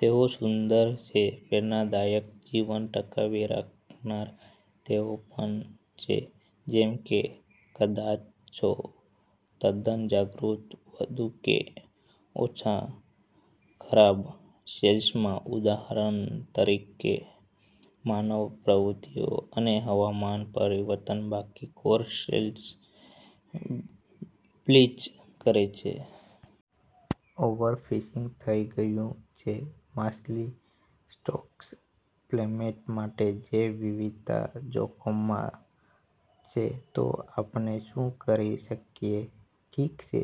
તેઓ સુંદર છે, પ્રેરણાદાયક, જીવન ટકાવી રાખનાર. તેઓ પણ છે, જેમ કે કદાચ તદ્દન જાગૃત, વધુ કે ઓછા ખરાબ. સેશેલ્સમાં, ઉદાહરણ તરીકે, માનવ પ્રવૃત્તિઓ અને હવામાન પરિવર્તન બાકી કોરસેલ્સ બ્લીચ કરે છે. ઓવરફિશિંગ થઈ ગયલુ છે માછલી સ્ટોક્સ પ્લમેટ માટે. જૈ વિવિધતા જોખમમાં છે. તો આપણે શું કરી શકીએ? ઠીક છે,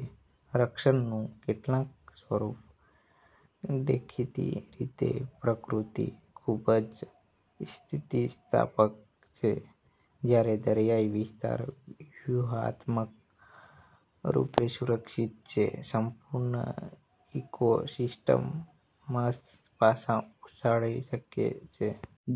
રક્ષણનું કેટલાક સ્વરૂપ, દેખીતી રીતે. પ્રકૃતિ ખૂબ જ સ્થિતિસ્થાપક છે. જ્યારે દરિયાઇ વિસ્તારો વ્યૂહાત્મક રૂપે સુરક્ષિત છે, સંપૂર્ણ ઇકોસિસ્ટમ્સ મા પાછા ઉછાળી શકે છે.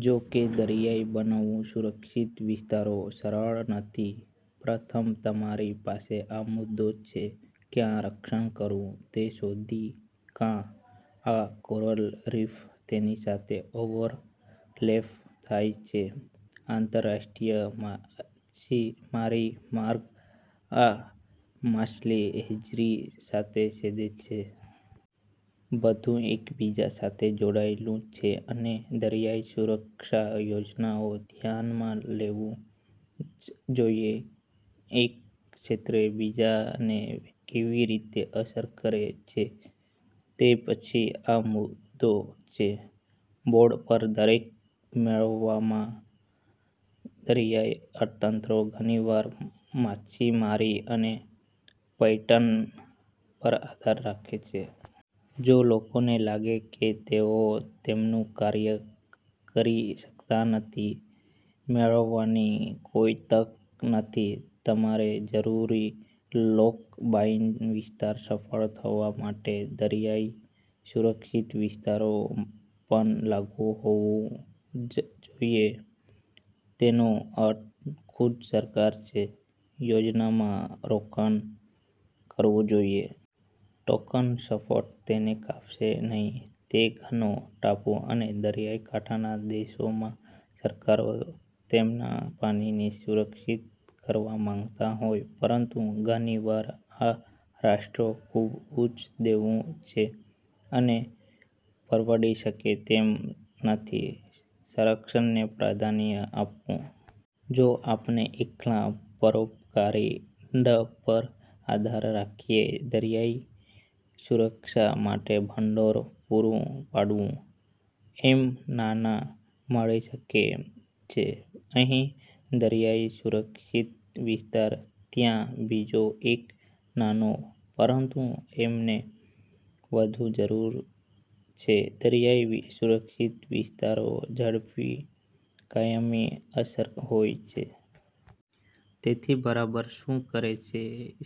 જો કે, દરિયાઇ બનાવવું સુરક્ષિત વિસ્તારો સરળ નથી. પ્રથમ, તમારી પાસે આ મુદ્દો છે ક્યાં રક્ષણ કરવું તે શોધી કા. આ કોરલ રીફ તેની સાથે ઓવરલેપ થાય છે આંતરરાષ્ટ્રીય માછીમારી માર્ગ, આ માછલી હેચરી સાથે સેદે છે. બધું એકબીજા સાથે જોડાયેલું છે. અને દરિયાઇ સુરક્ષા યોજનાઓ ધ્યાનમાં લેવું જ જોઇએ એક ક્ષેત્ર બીજાને કેવી રીતે અસર કરે છે. તે પછી, આ મુદ્દા છે બોર્ડ પર દરેક મેળવવામાં. દરિયાઇ અર્થતંત્રો ઘણીવાર માછીમારી અને પયટન પર આધાર રાખે છે. જો લોકોને લાગે કે તેઓ તેમનું કાર્ય કરી શકતા નથી, મેળવવાની કોઈ તક નથી તમારે જરૂરી લોક બાય-ઇન વિસ્તાર સફળ થવા માટે. દરિયાઇ સુરક્ષિત વિસ્તારો પણ લાગુ હોવું જ જોઈએ. તેનો અર્થ ખુદ સરકાર છે યોજનામાં રોકાણ કરવું જોઇએ. ટોકન સપોર્ટ તેને કાપશે નહીં. તે ઘણો. ટાપુ અને દરિયાઇકાંઠાના દેશોમાં સરકાર તેમના પાણીને સુરક્ષિત કરવા માંગતા હોય, પરંતુ ઘણી વાર આ રાષ્ટ્રો ખૂબ ઉચ્ચ દેવું છે અને પરવડી શકે તેમ નથી સંરક્ષણને પ્રાધાન્ય આપવું. જો આપણે એકલા પરોપકારી ડ પર આધાર રાખીએ દરિયાઇ સુરક્ષા માટે ભંડોળ પૂરું પાડવું, એમ નાના મળી શકે છે અહીં દરિયાઇ-સુરક્ષિત વિસ્તાર, ત્યાં બીજો એક નાનો. પરંતુ અમને વધુ જરૂર છે દરિયાઇ સુરક્ષિત વિસ્તારો ઝડપી, કાયમી અસર હોય છે. તેથી બરાબર શું કરે છે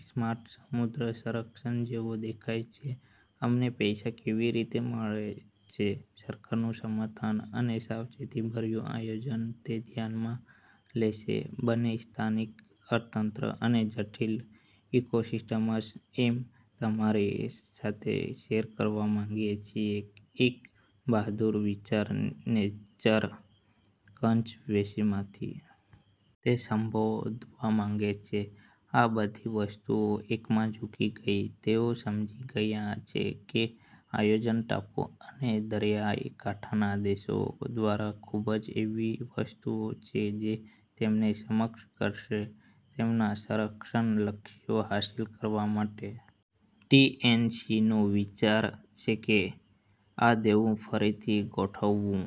સ્માર્ટ સમુદ્ર સંરક્ષણ જેવો દેખાય છે? અમને પૈસા કેવી રીતે મળે છે, સરકારનું સમર્થન અને સાવચેતીભર્યું આયોજન તે ધ્યાનમાં લે છે બંને સ્થાનિક અર્થતંત્ર અને જટિલ ઇકોસિસ્ટમ્સ? અમે તમારી સાથે શેર કરવા માંગીએ છીએ એક બહાદુર વિચાર નેચર કન્ઝર્વેન્સીમાંથી. તે સંબોધવા માંગે છે આ બધી વસ્તુઓ એકમાં ઝૂકી ગઈ. તેઓ સમજી ગયા છે કે આયોજન ટાપુ અને દરિયાકાંઠાના દેશો દ્વારા ખૂબ જ એવી વસ્તુ છે જે તેમને સક્ષમ કરશે તેમના સંરક્ષણ લક્ષ્યો હાંસલ કરવા માટે. ટી. એન. સી. નો વિચાર છે કે આ દેવું ફરીથી ગોઠવવું,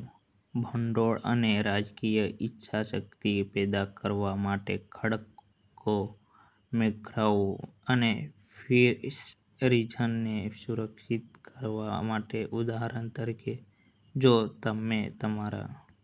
ભંડોળ અને રાજકીય ઇચ્છાશક્તિ પેદા કરવા માટે ખડકો, મેંગ્રોવ અને ફિશરીઝને સુરક્ષિત કરવા માટે. ઉદાહરણ તરીકે, જો તમે તમારા